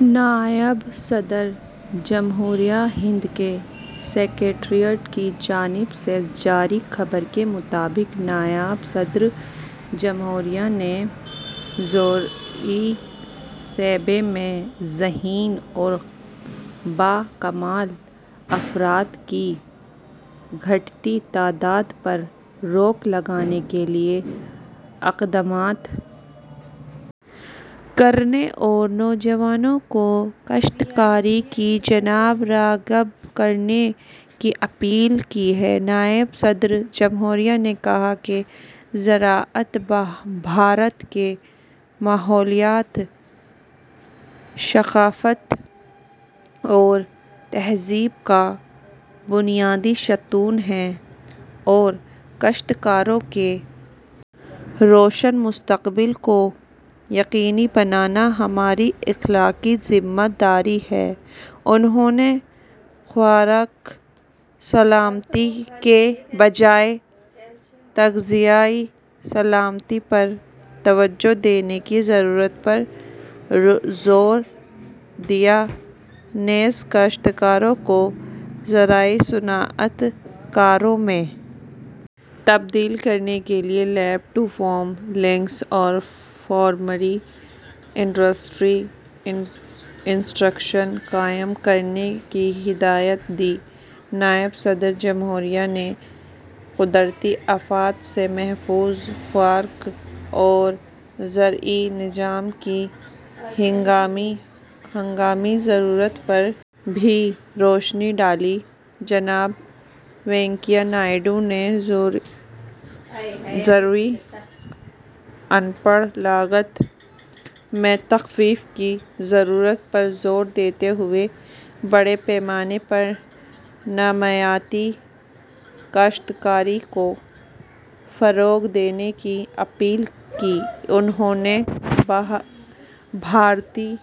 نائب صدر جمہوریہ ہند کے سکریٹریٹ کی جانب سے جاری خبر کے مطابق نائب صدر جمہوریہ نے زرعی شعبے میں ذہین اور باکمال افراد کی گھٹتی تعداد پر روک لگانے کے لیے اقدامات کرنے اور نوجوانوں کو کاشتکاری کی جانب راغب کرنے کی اپیل کی ہے نائب صدر جمہوریہ نے کہا کہ زراعت بھارت کے ماحولیات ثقافت اور تہذیب کا بنیادی ستون ہے اور کاشتکاروں کے روشن مستقبل کو یقینی بنانا ہماری اخلاقی ذمہ داری ہے انہوں نے خوراک سلامتی کے بجائے تغذیائی سلامتی پر توجہ دینے کی ضرورت پر زور دیا نیز کاشتکاروں کو زرعی صنعت کاروں میں تبدیل کرنے کے لیے لیب ٹو فارم لنکس اور فارمر انڈسٹری انٹریکشن قائم کرنے کی ہدایت دی نائب صدر جمہوریہ نے قدرتی آفات سے محفوظ خوراک اور زرعی نظام کی ہنگامی ضرورت پر بھی روشنی ڈالی جناب وینکیا نائیڈو نے زرعی ان پٹ لاگت میں تخفیف کی ضرورت پر زور دیتے ہوئے بڑے پیمانے پر نامیاتی کاشتکاری کو فروغ دینے کی اپیل کی انہوں نے بھارتی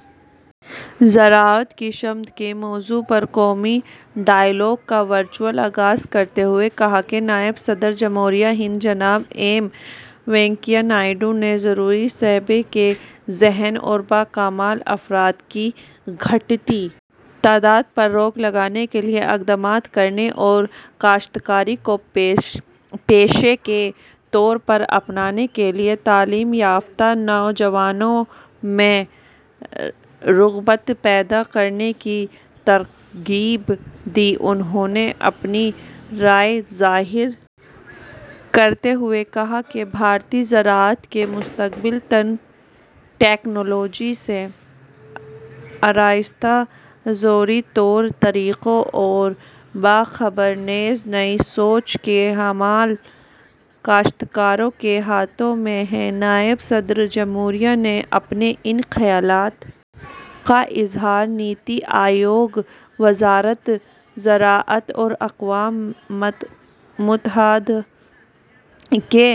زراعت کی سمت کے موضوع پر قومی ڈائیلاگ کا ورچوئل آغاز کرتے ہوئے کہا کہ نائب صدر جمہوریہ ہند جناب ایم وینکیا نائیڈو نے زرعی شعبے کے ذہین اور باکمال افراد کی گھٹتی تعداد پر روک لگانے کے لیے اقدامات کرنے اور کاشتکاری کو پیشے کے طور پر اپنانے کے لیے تعلیم یافتہ نوجوانوں میں رغبت پیدا کرنے کی ترغیب دی انہوں نے اپنی رائے ظاہر کرتے ہوئے کہا کہ بھارتی زراعت کا مستقبل تکنالوجی سے آراستہ زرعی طور طریقوں اور باخبر نیز نئی سوچ کے حامل کاشتکاروں کے ہاتھوں میں ہے نائب صدر جمہوریہ نے اپنے ان خیالات کا اظہار نیتی آیوگ وزارت زراعت اور اقوام متحدہ کے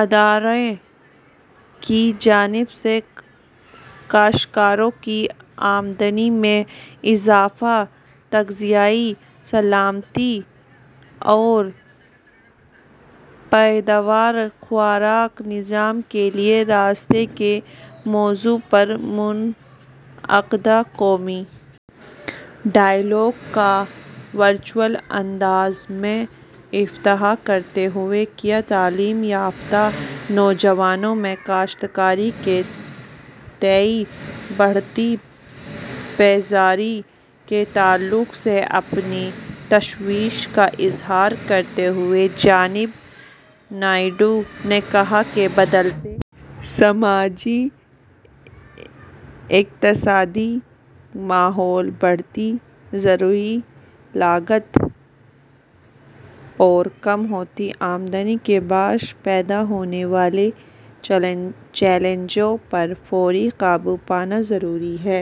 ادارے کی جانب سے کاشکاروں کی آمدنی میں اضافہ تغذیائی سلامتی اور پائیدار خوراک نظام کے لیے راستے کے موضوع پر منعقدہ قومی ڈائیلاگ کا ورچوئل انداز میں افتتاح کرتے ہوئے کیا تعلیم یافتہ نوجوانوں میں کاشتکاری کے تئیں بڑھتی بیزاری کے تعلق سے اپنی تشویش کا اظہار کرتے ہوئے جناب نائیڈو نے کہا کہ بدلتے سماجی اقتصادی ماحول بڑھتی زرعی لاگت اور کم ہوتی آمدنی کے باعث پیدا ہونے والے چیلنجوں پر فوری قابو پانا ضروری ہے